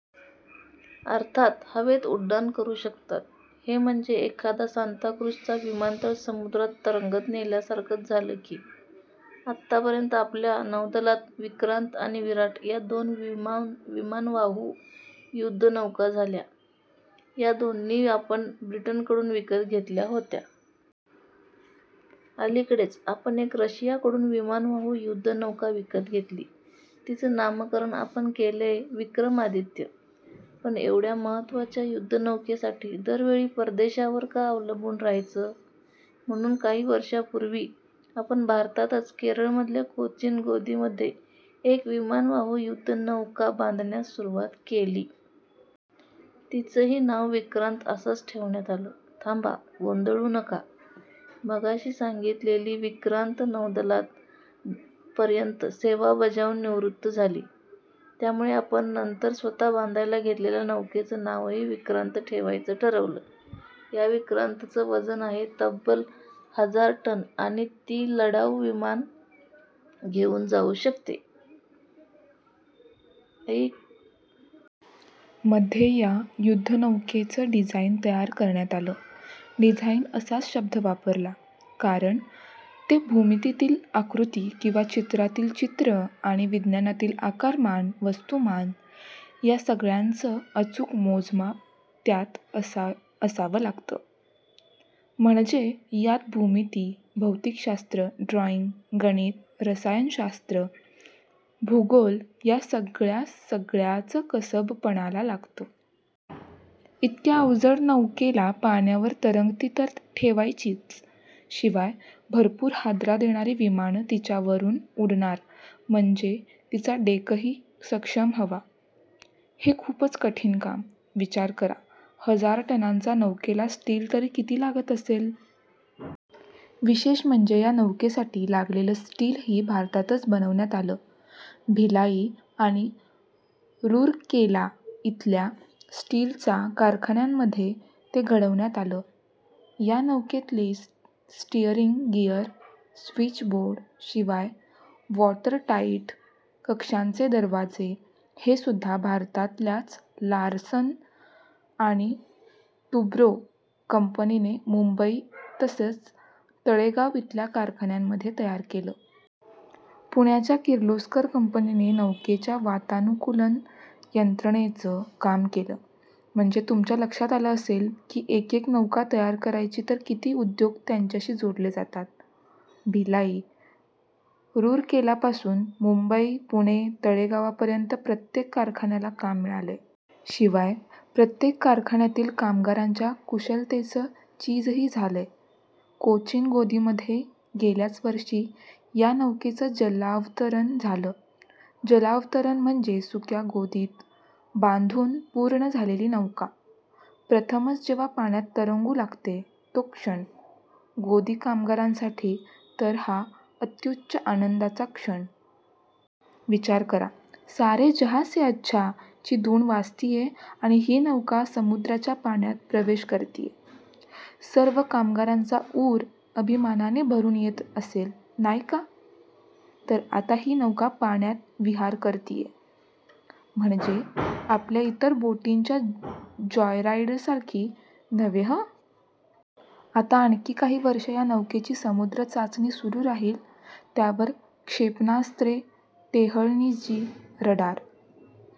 अर्थात हवेत उड्डाण करू शकतात. हे म्हणजे एखादा सांताक्रूझचा विमानतळ समुद्रातून तरंगत नेल्यासारखंच झालं की. आतापर्यंत आपल्या नौदलात विक्रांत आणि विराट या दोन विमानवाहू युध्दनौका झाल्या. या दोन्ही आपण ब्रिटनकडून विकत घेतल्या होत्या. अलीकडेच आपण एक रशियाकडून विमानवाहू युध्दनौका विकत घेतली, तिचं नामकरण आपण केलंय विक्रमादित्य. पण एवढ्या महत्त्वाच्या युध्दनौकेसाठी दरवेळी परदेशावर अवलंबून का रहायचं. म्हणून काही वर्षांपूर्वी आपण भारतातच केरळमधल्या कोचीन गोदीमध्ये एक विमानवाहू युध्दनौका बांधण्यास सुरुवात केली. तिचंही नाव विक्रांत असंच ठेवण्यात आलं. थांबा, गोंधळू नका. मघाशी सांगितलेली विक्रांत नौदलात पर्यंत सेवा बजावून निवृत्त झाली. त्यामुळे आपण नंतर स्वतः बांधायला घेतलेल्या नौकेचं नावही विक्रांत ठेवायचं ठरवलं. या विक्रांतचं वजन आहे तब्बल हजार टन आणि ती लढाऊ विमानं घेऊन जाऊ शकते. मध्ये या युध्दनौकेचं डिझाईन तयार करण्यात आलं. डिझाइन असाच शब्द वापरला, कारण ते भूमितीतील आकृती किंवा चित्रातील चित्र आणि विज्ञानातील आकारमान, वस्तुमान या सगळ्याचं अचूक मोजमाप त्यात असावं लागतं. म्हणजे यात भूमिती, भौतिकशास्त्र, ड्रॉइंग, गणित, रसायनशात्र, भूगोल या सगळ्या सगळ्याचं कसब पणाला लागतं. इतक्या अवजड नौकेला पाण्यावर तरंगती तर ठेवायचीच, शिवाय भरपूर हादरा देणारी विमानं तिच्यावरून उडणार म्हणजे तिचा डेकही सक्षम हवा... हे खूपच कठीण काम. विचार करा हजार टनांच्या नौकेला स्टील तरी किती लागत असेल. विशेष म्हणजे या नौकेसाठी लागलेलं स्टीलही भारतातच बनवण्यात आलं. भिलाई आणि रुरकेला इथल्या स्टीलच्या कारखान्यांमध्ये ते घडवण्यात आलं. या नौकेतले स्टीअरिंग गिअर, स्वीचबोर्ड शिवाय वॉटरटाइट कक्षांचे दरवाजे हेसुध्दा भारतातल्याच लार्सन आणि टुब्रो कंपनीने मुंबई तसंच तळेगाव इथल्या कारखान्यांमध्ये तयार केले. पुण्याच्या किर्लोस्कर कंपनीने नौकेच्या वातानुकूलन यंत्रणेचं काम केलं. म्हणजे तुमच्या लक्षात आलं असेल की एकेक नौका तयार करायची, तर किती उद्योग त्याच्याशी जोडले जातात. भिलाई, रुरकेलापासून मुंबई, पुणे, तळेगावपर्यंत प्रत्येक कारखान्याला काम मिळालंय. शिवाय प्रत्येक कारखान्यातील कामगारांच्या कुशलतेचं चीजही झालंय. कोचीन गोदीमध्ये गेल्याच वर्षी या नौकेचं जलावतरण झालं. जलावतरण म्हणजे सुक्या गोदीत बांधून पूर्ण झालेली नौका प्रथमच जेव्हा पाण्यात तरंगू लागते, तो क्षण. गोदी कामगारांसाठी तर हा अत्युच्च आनंदाचा क्षण. विचार करा, सारे जहाँ से अच्छा ची धून वाजतेय आणि ही नौका समुद्राच्या पाण्यात प्रवेश करतेय. सर्व कामगारांचा ऊर अभिमानाने भरून येत असेल नाही का. तर आता ही नौका पाण्यात विहार करतेय, म्हणजे आपल्या इतर बोटींच्या जॉयराइडसारखी नव्हे हं. आता आणखी काही वर्षं या नौकेची समुद्री चाचणी सुरू राहील, त्यावर क्षेपणास्त्रे, टेहळणीची रडार